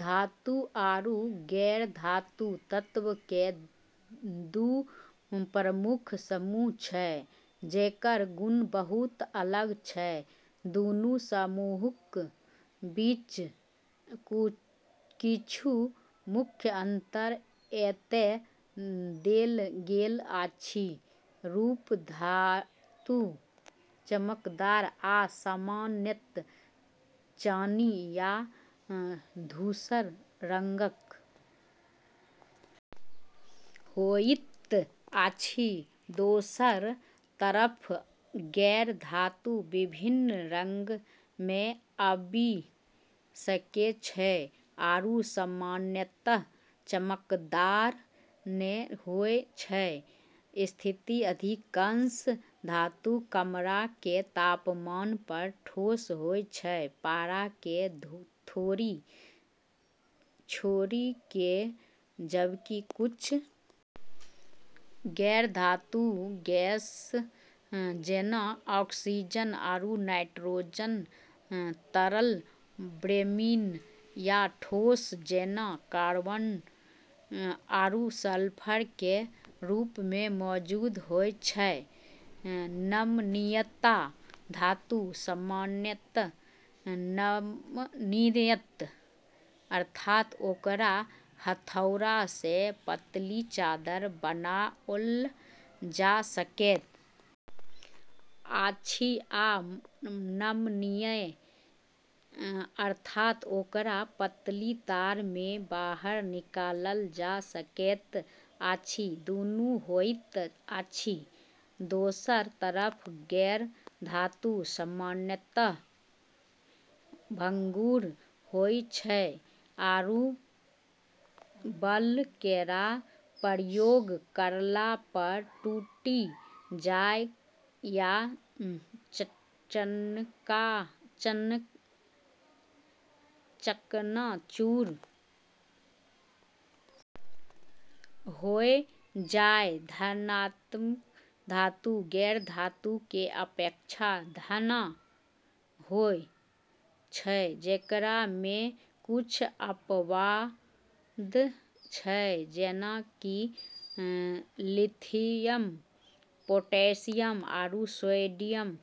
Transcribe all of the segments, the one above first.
धातु आरू गैर-धातु तत्वऽ के दू प्रमुख समूह छै जेकरऽ गुण बहुत अलग छै, दूनू समूहक बीच किछु मुख्य अंतर एतय देल गेल अछि, रूप धातु चमकदार आ सामान्यत चानी या धूसर रंगक होइत अछि दोसरऽ तरफ गैर-धातु विभिन्न रंगऽ मे आबी सकै छै आरू सामान्यत चमकदार नै होय छै, स्थिति अधिकांश धातु कमरा के तापमान पर ठोस होय छै पारा के छोड़ी के जबकि कुछ गैर-धातु गैस जैना ऑक्सीजन आरू नाइट्रोजन तरल ब्रोमीन या ठोस जैना कार्बन आरू सल्फर के रूप मे मौजूद होय छै, नमनीयता धातु सामान्यत नमनीय अर्थात ओकरा हथौड़ा सँ पतली चादर बनाओल जा सकैत अछि आ नमनीय अर्थात ओकरा पतली तार मे बाहर निकालल जा सकैत अछि दुनू होइत अछि दोसरऽ तरफ गैर-धातु सामान्यत भंगुर होय छै आरू बल केरऽ प्रयोग करला प॑ टूटी जाय या चकनाचूर होय जाय, घनत्व धातु गैर-धातु के अपेक्षा घना होय छै जेकरा मे कुछ अपवाद छै जेना कि लिथियम, पोटेशियम आरू सोडियम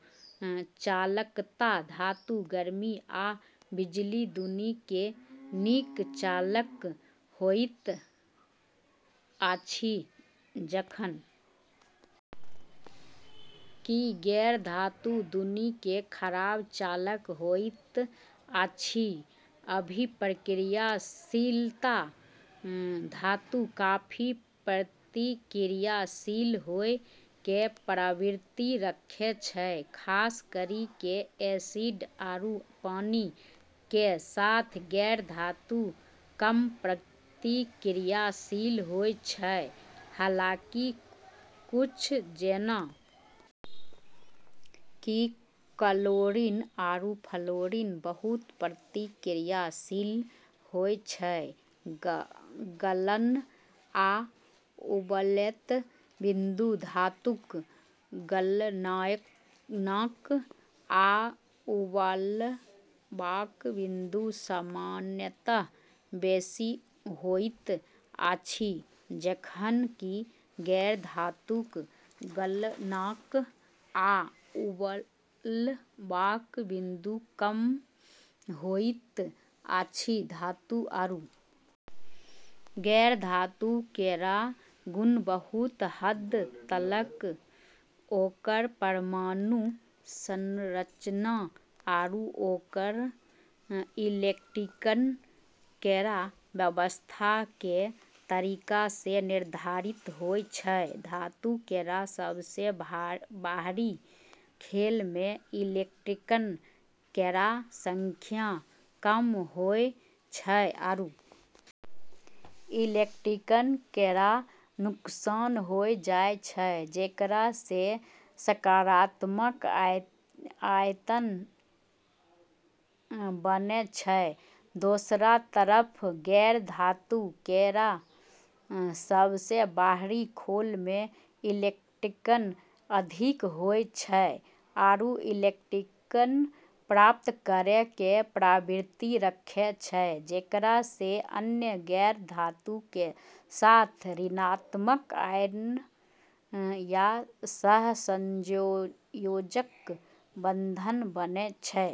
चालकता धातु गर्मी आ बिजली दुनू के नीक चालक होइत अछि जखन कि गैर-धातु दुनू के खराब चालक होइत अछि अभिक्रियाशीलता धातु काफी प्रतिक्रियाशील होय के प्रवृत्ति रखै छै खास करी के एसिड आरू पानी के साथ गैर-धातु कम प्रतिक्रियाशील होय छै, हालांकि कुछ जेना कि क्लोरीन आरू फ्लोरीन, बहुत प्रतिक्रियाशील होय छै, गलन आ उबलैत बिन्दु धातुक गलनांक आ उबलबाक बिन्दु सामान्यतः बेसी होइत अछि जखन कि गैर-धातुक गलनांक आ उबलबाक बिन्दु कम होइत अछि धातु आरू गैर-धातु केरऽ गुण बहुत हद तलक ओकरऽ परमाणु संरचना आरू ओकरऽ इलेक्ट्रॉन केरऽ व्यवस्था के तरीका से निर्धारित होय छै, धातु केरऽ सबसें बाहरी खोल मे इलेक्ट्रॉन केरऽ संख्या कम होय छै आरू इलेक्ट्रॉन केरऽ नुकसान होय जाय छै जेकरा से सकारात्मक आयन बने छै, दोसरऽ तरफ गैर-धातु केरऽ सबसें बाहरी खोल मे इलेक्ट्रॉन अधिक होय छै आरू इलेक्ट्रॉन प्राप्त करै के प्रवृत्ति रखै छै जेकरा से अन्य गैर-धातु के साथ ऋणात्मक आयन या सहसंयोजक बंधन बने छै।